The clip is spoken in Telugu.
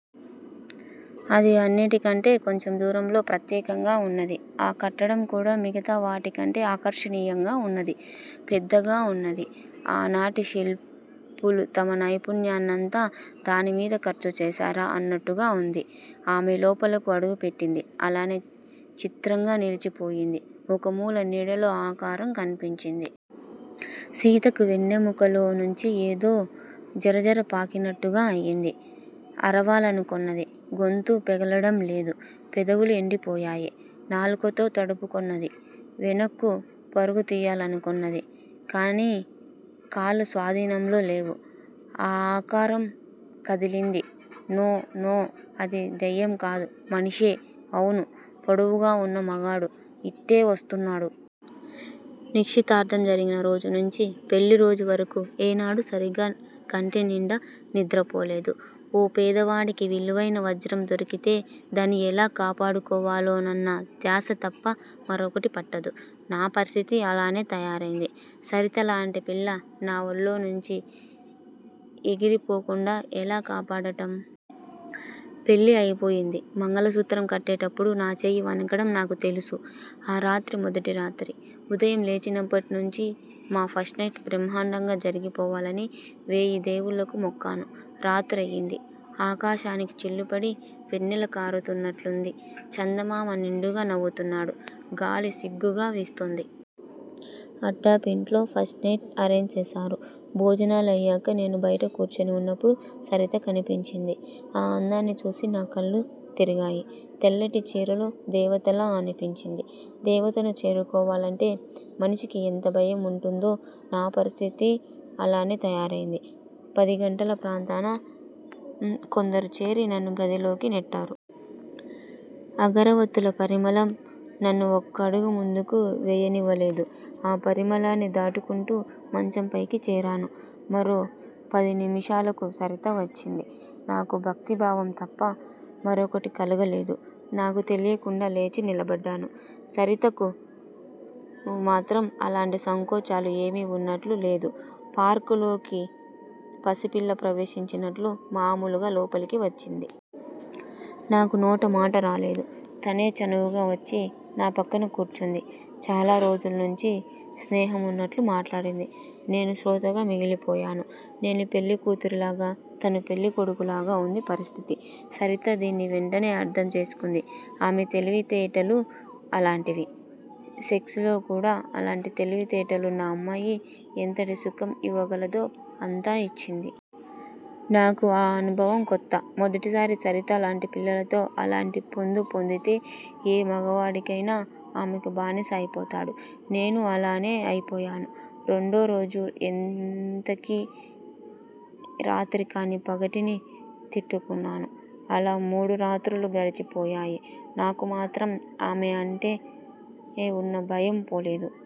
అది అన్నిటికంటే కొంచెం దూరంలో ప్రత్యేకంగా ఉన్నది. ఆ కట్టడం కూడా మిగతా వాటికంటే ఆకర్షణీయంగా ఉన్నది, పెద్దగా ఉన్నది. ఆనాటి శిల్పులు తమ నైపుణ్యాన్నంతా దానిమీద ఖర్చు చేశారా అన్నట్టుగా ఉంది. ఆమె లోపలకు అడుగుపెట్టింది. అలానే చిత్రంగా నిల్చిపోయింది. ఒకమూల నీడలో ఆకారం కన్పించింది. సీతకు వెన్నెముకలో నుంచి ఏదో జరజరపాకినట్టుగా అయ్యింది. అరవాలనుకొన్నది. గొంతు పెగలడం లేదు. పెదవులు ఎండిపోయాయి. నాలుకతో తడుపుకొన్నది. వెనక్కు పరుగుతియ్యాలనుకొన్నది. కాని కాళ్ళు స్వాధీనంలో లేవు. ఆ ఆకారం కదిలింది. నో! నో! అది దెయ్యంకాదు! మనిషే! అవును! పొడువుగా వున్న మగాడు! ఇటే వస్తున్నాడు. నిశ్చితార్థం జరిగిన రోజు నుంచి పెళ్ళిరోజు వరకు ఏనాడూ సరిగా కంటినిండా నిద్రపోలేదు. ఓ పేదవాడికి విలువైన వజ్రం దొరికితే దాన్ని ఎలా కాపాడుకోవాలోనన్న ధ్యాస తప్ప మరొకటి పట్టదు. నా పరిస్థితీ అలానే తయారైంది. సరితలాంటి పిల్ల నా ఒళ్ళో నుంచి ఎగిరిపోకుండా ఎలా కాపాడటం? పెళ్ళి అయిపోయింది. మంగళసూత్రం కట్టేటప్పుడు నా చెయ్యి వణకడం నాకు తెలుసు. ఆ రాత్రి మొదటి రాత్రి. ఉదయం లేచినప్పట్నుంచి మా ఫస్ట్ నైట్ బ్రహ్మాండంగా జరిగిపోవాలని వేయి దేవుళ్ళుకు మొక్కాను. రాత్రయింది. ఆకాశానికి చిల్లుపడి వెన్నెల కారుతున్నట్లుంది. చందమామ నిండుగా నవ్వుతున్నాడు. గాలి సిగ్గుగా వీస్తోంది. అడ్డాపింట్లో ఫస్ట్ నైట్ అరేంజ్ చేశారు. భోజనాలయ్యాక నేను బయట కూర్చుని వున్నప్పుడు సరిత కనిపించింది. ఆ అందాన్ని చూసి నా కళ్ళు తిరిగాయి. తెల్లటి చీరలో దేవతలా అనిపించింది. దేవతను చేరుకోవాలంటే మనిషికి ఎంత భయం వుంటుందో నా పరిస్థితీ అలానే తయారైంది. పదిగంటల ప్రాంతాన కొందరు చేరి నన్ను గదిలోకి నెట్టారు. అగరవత్తుల పరిమళం నన్ను ఒక్కడుగు ముందుకు వేయనివ్వలేదు. ఆ పరిమళాన్ని దాటుకుంటూ మంచంపైకి చేరాను. మరో పదినిముషాలకు సరిత వచ్చింది. నాకు భక్తిభావం తప్ప మరొకటి కలుగలేదు. నాకు తెలియకుండా లేచి నిలబడ్డాను. సరితకు మాత్రం అలాంటి సంకోచాలు ఏమీ వున్నట్లు లేదు. పార్క్ లోకి పసిపిల్ల ప్రవేశించినట్లు మామూలుగా లోపలికి వచ్చింది. నాకు నోట మాట రాలేదు. తనే చనువుగా వచ్చి నా పక్కన కూర్చుంది. చాలా రోజుల్నుంచి స్నేహం వున్నట్లు మాట్లాడింది. నేను శ్రోతగా మిగిలిపోయాను. నేను పెళ్లికూతురిలాగా, తను పెళ్ళికొడుకులాగా వుంది పరిస్థితి. సరిత దీన్ని వెంటనే అర్థం చేసుకుంది. ఆమె తెలివితేటలు అలాంటివి. సెక్స్ లో కూడా అలాంటి తెలివితేటలున్న అమ్మాయి ఎంతటి సుఖం ఇవ్వగలదో అంతా యిచ్చింది. నాకు ఆ అనుభవం కొత్త. మొదటిసారి సరిత లాంటి పిల్లలతో అలాంటి పొందు పొందితే ఏ మగవాడికైనా ఆమెకు బానిస అయిపోతాడు. నేనూ అలానే అయిపోయాను. రెండోరోజు ఎంతకీ రాత్రికాని పగటిని తిట్టుకున్నాను. అలా మూడురాత్రులు గడిచిపోయాయి. నాకు మాత్రం ఆమె అంటే వున్న భయం పోలేదు.